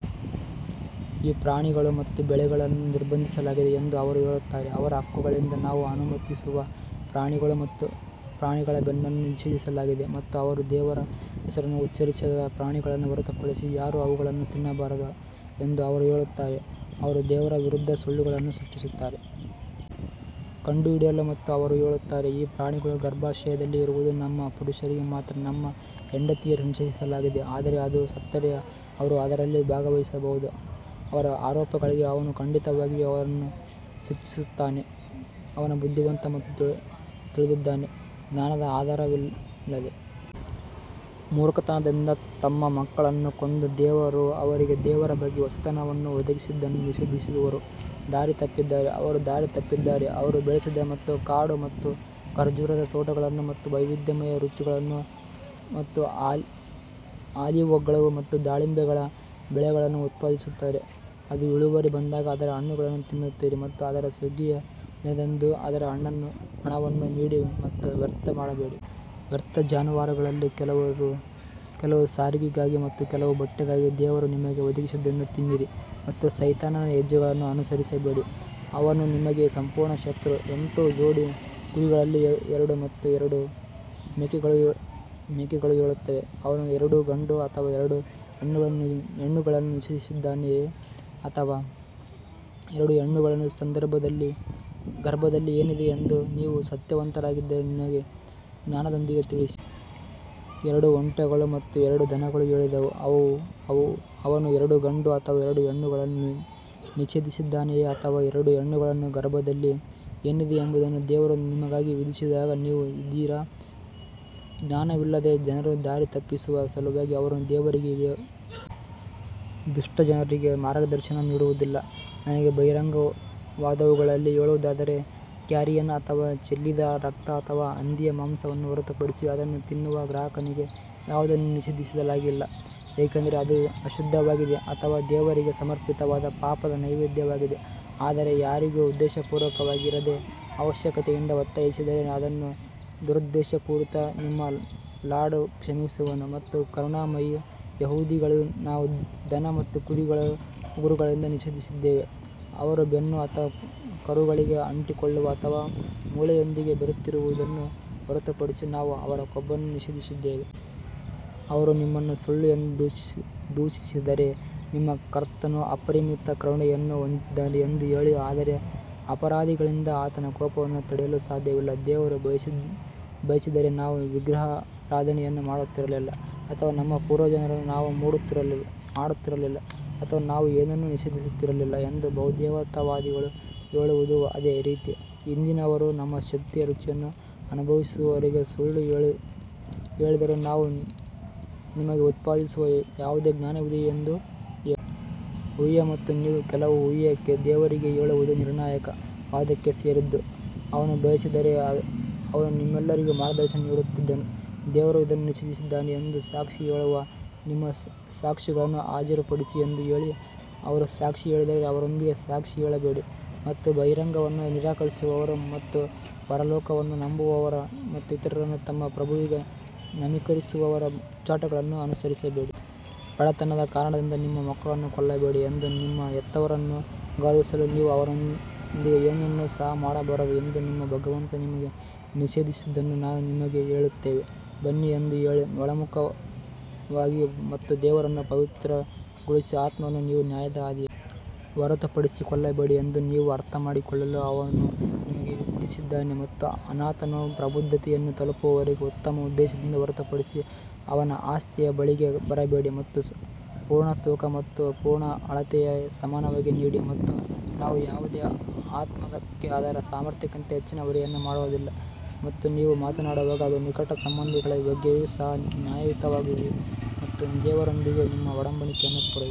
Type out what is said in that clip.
ಈ ಪ್ರಾಣಿಗಳು ಮತ್ತು ಬೆಳೆಗಳನ್ನು ನಿರ್ಬಂಧಿಸಲಾಗಿದೆ ಎಂದು ಅವರು ಹೇಳುತ್ತಾರೆ, ಅವರ ಹಕ್ಕುಗಳಿಂದ ನಾವು ಅನುಮತಿಸುವ ಪ್ರಾಣಿಗಳು ಮತ್ತು ಪ್ರಾಣಿಗಳ ಬೆನ್ನನ್ನು ನಿಷೇಧಿಸಲಾಗಿದೆ ಮತ್ತು ಅವರು ದೇವರ ಹೆಸರನ್ನು ಉಚ್ಚರಿಸದ ಪ್ರಾಣಿಗಳನ್ನು ಹೊರತುಪಡಿಸಿ ಯಾರೂ ಅವುಗಳನ್ನು ತಿನ್ನಬಾರದು ಎಂದು ಅವರು ಹೇಳುತ್ತಾರೆ, ಅವರು ದೇವರ ವಿರುದ್ಧ ಸುಳ್ಳುಗಳನ್ನು ಸೃಷ್ಟಿಸುತ್ತಾರೆ. ಕಂಡುಹಿಡಿಯಲು ಮತ್ತು ಅವರು ಹೇಳುತ್ತಾರೆ, ಈ ಪ್ರಾಣಿಗಳ ಗರ್ಭಾಶಯದಲ್ಲಿ ಇರುವುದು ನಮ್ಮ ಪುರುಷರಿಗೆ ಮಾತ್ರ ಮತ್ತು ನಮ್ಮ ಹೆಂಡತಿಯರಿಗೆ ನಿಷೇಧಿಸಲಾಗಿದೆ ಆದರೆ ಅದು ಸತ್ತರೆ ಅವರು ಅದರಲ್ಲಿ ಭಾಗವಹಿಸಬಹುದು ಅವರ ಆರೋಪಗಳಿಗೆ ಅವನು ಖಂಡಿತವಾಗಿಯೂ ಅವರನ್ನು ಶಿಕ್ಷಿಸುತ್ತಾನೆ, ಅವನು ಬುದ್ಧಿವಂತ ಮತ್ತು ತಿಳಿದಿದ್ದಾನೆ. ಜ್ಞಾನದ ಆಧಾರವಿಲ್ಲದೆ ಮೂರ್ಖತನದಿಂದ ತಮ್ಮ ಮಕ್ಕಳನ್ನು ಕೊಂದು ದೇವರು ಅವರಿಗೆ ದೇವರ ಬಗ್ಗೆ ಹೊಸತನವನ್ನು ಒದಗಿಸಿದ್ದನ್ನು ನಿಷೇಧಿಸುವವರು ದಾರಿ ತಪ್ಪಿದ್ದಾರೆ ಅವರು ದಾರಿ ತಪ್ಪಿದ್ದಾರೆ ಅವನು ಬೆಳೆಸಿದ ಮತ್ತು ಕಾಡು ಮತ್ತು ಖರ್ಜೂರದ ತೋಟಗಳನ್ನು ಮತ್ತು ವೈವಿಧ್ಯಮಯ ರುಚಿಗಳು ಮತ್ತು ಆಲಿವ್ಗಳು ಮತ್ತು ದಾಳಿಂಬೆಗಳ ಬೆಳೆಗಳನ್ನು ಉತ್ಪಾದಿಸುತ್ತಾನೆ, ಅದು ಇಳುವರಿ ಬಂದಾಗ ಅದರ ಹಣ್ಣುಗಳನ್ನು ತಿನ್ನಿರಿ ಮತ್ತು ಅದರ ಸುಗ್ಗಿಯ ದಿನದಂದು ಅದರ ಹಣವನ್ನು ನೀಡಿ ಮತ್ತು ವ್ಯರ್ಥ ಮಾಡಬೇಡಿ. ವ್ಯರ್ಥ ಜಾನುವಾರುಗಳಲ್ಲಿ ಕೆಲವು ಸಾರಿಗೆಗಾಗಿ ಮತ್ತು ಕೆಲವು ಬಟ್ಟೆಗಾಗಿ ದೇವರು ನಿಮಗೆ ಒದಗಿಸಿದ್ದನ್ನು ತಿನ್ನಿರಿ ಮತ್ತು ಸೈತಾನನ ಹೆಜ್ಜೆಗಳನ್ನು ಅನುಸರಿಸಬೇಡಿ ಅವನು ನಿಮಗೆ ಸಂಪೂರ್ಣ ಶತ್ರು ಎಂಟು ಜೋಡಿ ಕುರಿಗಳಲ್ಲಿ ಎರಡು ಮತ್ತು ಎರಡು ಮೇಕೆಗಳು ಹೇಳುತ್ತವೆ ಅವನು ಎರಡು ಗಂಡು ಅಥವಾ ಎರಡು ಹೆಣ್ಣುಗಳನ್ನು ನಿಷೇಧಿಸಿದ್ದಾನೆಯೇ ಅಥವಾ ಎರಡು ಹೆಣ್ಣುಗಳ ಗರ್ಭದಲ್ಲಿ ಏನಿದೆ ಎಂದು ನೀವು ಸತ್ಯವಂತರಾಗಿದ್ದರೆ ನನಗೆ ಜ್ಞಾನದೊಂದಿಗೆ ತಿಳಿಸಿ. ಮತ್ತು ಎರಡು ಒಂಟೆಗಳು ಮತ್ತು ಎರಡು ದನಗಳು ಹೇಳಿದವು, ಅವನು ಎರಡು ಗಂಡು ಅಥವಾ ಎರಡು ಹೆಣ್ಣುಗಳನ್ನು ನಿಷೇಧಿಸಿದ್ದಾನೆಯೇ ಅಥವಾ ಎರಡು ಹೆಣ್ಣುಗಳ ಗರ್ಭದಲ್ಲಿ ಏನಿದೆ ಎಂಬುದನ್ನು ದೇವರು ನಿಮಗೆ ವಿಧಿಸಿದಾಗ ನೀವು ಇದ್ದೀರಾ? ಜ್ಞಾನವಿಲ್ಲದೆ ಜನರನ್ನು ದಾರಿ ತಪ್ಪಿಸುವ ಸಲುವಾಗಿ ಅವರನ್ನು ದೇವರಿಗೆ ದೇವರು ದುಷ್ಟ ಜನರಿಗೆ ಮಾರ್ಗದರ್ಶನ ನೀಡುವುದಿಲ್ಲ ನನಗೆ ಬಹಿರಂಗವಾದವುಗಳಲ್ಲಿ ಹೇಳುವುದಾದರೆ, ಕ್ಯಾರಿಯನ್ ಅಥವಾ ಚೆಲ್ಲಿದ ರಕ್ತ ಅಥವಾ ಹಂದಿಯ ಮಾಂಸವನ್ನು ಹೊರತುಪಡಿಸಿ ಅದನ್ನು ತಿನ್ನುವ ಗ್ರಾಹಕನಿಗೆ ಯಾವುದನ್ನೂ ನಿಷೇಧಿಸಲಾಗಿಲ್ಲ ಏಕೆಂದರೆ ಅದು ಅಶುದ್ಧವಾಗಿದೆ ಅಥವಾ ದೇವರಿಗೆ ಸಮರ್ಪಿತವಾದ ಪಾಪದ ನೈವೇದ್ಯವಾಗಿದೆ ಆದರೆ ಯಾರಾದರೂ ಉದ್ದೇಶಪೂರ್ವಕವಾಗಿರದೆ ಅವಶ್ಯಕತೆಯಿಂದ ಒತ್ತಾಯಿಸಿದರೆ ಅಥವಾ ದುರುದ್ದೇಶಪೂರಿತ ನಿಮ್ಮ ಲಾರ್ಡ್ ಕ್ಷಮಿಸುವ ಮತ್ತು ಕರುಣಾಮಯಿ ಯಹೂದಿಗಳಿಗೆ ನಾವು ದನ ಮತ್ತು ಕುರಿಗಳನ್ನು ಉಗುರುಗಳಿಂದ ನಿಷೇಧಿಸಿದ್ದೇವೆ, ಅವರ ಬೆನ್ನು ಅಥವಾ ಕರುಳುಗಳಿಗೆ ಅಂಟಿಕೊಳ್ಳುವ ಅಥವಾ ಮೂಳೆಯೊಂದಿಗೆ ಬೆರೆತಿರುವುದನ್ನು ಹೊರತುಪಡಿಸಿ ನಾವು ಅವರ ಕೊಬ್ಬನ್ನು ನಿಷೇಧಿಸಿದ್ದೇವೆ. ಅವರು ನಿಮ್ಮನ್ನು ಸುಳ್ಳು ಎಂದು ದೂಷಿಸಿದರೆ, ನಿಮ್ಮ ಕರ್ತನು ಅಪರಿಮಿತ ಕರುಣೆಯನ್ನು ಹೊಂದಿದ್ದಾನೆ ಎಂದು ಹೇಳಿ ಆದರೆ ಅಪರಾಧಿಗಳಿಂದ ಆತನ ಕೋಪವನ್ನು ತಡೆಯಲು ಸಾಧ್ಯವಿಲ್ಲ. ದೇವರು ಬಯಸಿದ್ದರೆ ನಾವು ವಿಗ್ರಹಾರಾಧನೆಯನ್ನು ಮಾಡುತ್ತಿರಲಿಲ್ಲ ಅಥವಾ ನಮ್ಮ ಪೂರ್ವಜರನ್ನು ನಾವು ಮಾಡುತ್ತಿರಲಿಲ್ಲ ಅಥವಾ ನಾವು ಏನನ್ನೂ ನಿಷೇಧಿಸುತ್ತಿರಲಿಲ್ಲ ಎಂದು ಬಹುದೇವತಾವಾದಿಗಳು ಹೇಳುವರು ಅದೇ ರೀತಿ ಅವರ ಹಿಂದಿನವರು ನಮ್ಮ ಶಕ್ತಿಯ ರುಚಿಯನ್ನು ಅನುಭವಿಸುವವರೆಗೆ ಸುಳ್ಳು ಹೇಳಿದರು, ನೀವು ನಮಗೆ ಉತ್ಪಾದಿಸುವ ಯಾವುದೇ ಜ್ಞಾನವಿದೆಯೇ ಎಂದು ಹೇಳಿ. ಊಹೆ ಮತ್ತು ನೀವು ಕೇವಲ ಊಹೆ ದೇವರಿಗೆ ಹೇಳುವುದು ನಿರ್ಣಾಯಕ ವಾದಕ್ಕೆ ಸೇರಿದ್ದು ಅವನು ಬಯಸಿದ್ದರೆ ಅವನು ನಿಮ್ಮೆಲ್ಲರಿಗೂ ಮಾರ್ಗದರ್ಶನ ನೀಡುತ್ತಿದ್ದನು ದೇವರು ಇದನ್ನು ನಿಷೇಧಿಸಿದ್ದಾನೆ ಎಂದು ಸಾಕ್ಷಿ ಹೇಳುವ ನಿಮ್ಮ ಸಾಕ್ಷಿಗಳನ್ನು ಹಾಜರುಪಡಿಸಿ ಎಂದು ಹೇಳಿ, ಅವರು ಸಾಕ್ಷಿ ಹೇಳಿದರೆ ಅವರೊಂದಿಗೆ ಸಾಕ್ಷಿ ಹೇಳಬೇಡಿ ಮತ್ತು ನಮ್ಮ ಬಹಿರಂಗವನ್ನು ನಿರಾಕರಿಸುವವರ ಮತ್ತು ಪರಲೋಕವನ್ನು ನಂಬದವರ ಮತ್ತು ಇತರರನ್ನು ತಮ್ಮ ಪ್ರಭುವಿಗೆ ಸಮೀಕರಿಸುವವರ ಹುಚ್ಚಾಟಗಳನ್ನು ಅನುಸರಿಸಬೇಡಿ. ಬಡತನದ ಕಾರಣದಿಂದ ನಿಮ್ಮ ಮಕ್ಕಳನ್ನು ಕೊಲ್ಲಬೇಡಿ ಎಂದು ನಿಮ್ಮ ಹೆತ್ತವರನ್ನು ಗೌರವಿಸಲು ನೀವು ಅವನೊಂದಿಗೆ ಏನನ್ನೂ ಸಹ ಮಾಡಬಾರದು ಎಂದು ನಿಮ್ಮ ಭಗವಂತ ನಿಮಗೆ ನಿಷೇಧಿಸಿದ್ದನ್ನು ನಾನು ನಿಮಗೆ ಹೇಳುತ್ತೇನೆ ಬನ್ನಿ ಎಂದು ಹೇಳಿ. ಒಳಮುಖವಾಗಿ ಮತ್ತು ದೇವರು ಪವಿತ್ರಗೊಳಿಸಿದ ಆತ್ಮವನ್ನು ನೀವು ನ್ಯಾಯದ ಹಾದಿಯಲ್ಲಿ ಹೊರತುಪಡಿಸಿ ಕೊಲ್ಲಬೇಡಿ ಎಂದು ನೀವು ಅರ್ಥಮಾಡಿಕೊಳ್ಳಲು ಅವನು ನಿಮಗೆ ವಿಧಿಸಿದ್ದಾನೆ ಮತ್ತು ಅನಾಥನು ಪ್ರಬುದ್ಧತೆಯನ್ನು ತಲುಪುವವರೆಗೆ ಉತ್ತಮ ಉದ್ದೇಶದಿಂದ ಹೊರತುಪಡಿಸಿ ಅವನ ಆಸ್ತಿಯ ಬಳಿಗೆ ಬರಬೇಡಿ ಮತ್ತು ಪೂರ್ಣ ತೂಕ ಮತ್ತು ಪೂರ್ಣ ಅಳತೆಯನ್ನು ಸಮಾನವಾಗಿ ನೀಡಿ ಮತ್ತು ನಾವು ಯಾವುದೇ ಆತ್ಮಕ್ಕೆ ಅದರ ಸಾಮರ್ಥ್ಯಕ್ಕಿಂತ ಹೆಚ್ಚಿನ ಹೊರೆಯನ್ನು ಮಾಡುವುದಿಲ್ಲ ಮತ್ತು ನೀವು ಮಾತನಾಡುವಾಗ ಅದು ನಿಕಟ ಸಂಬಂಧಿಗಳ ಬಗ್ಗೆಯೂ ಸಹ ನ್ಯಾಯಯುತವಾಗಿರಿ ಮತ್ತು ದೇವರೊಂದಿಗೆ ನಿಮ್ಮ ಒಡಂಬಡಿಕೆಯನ್ನು ಪೂರೈಸಿ.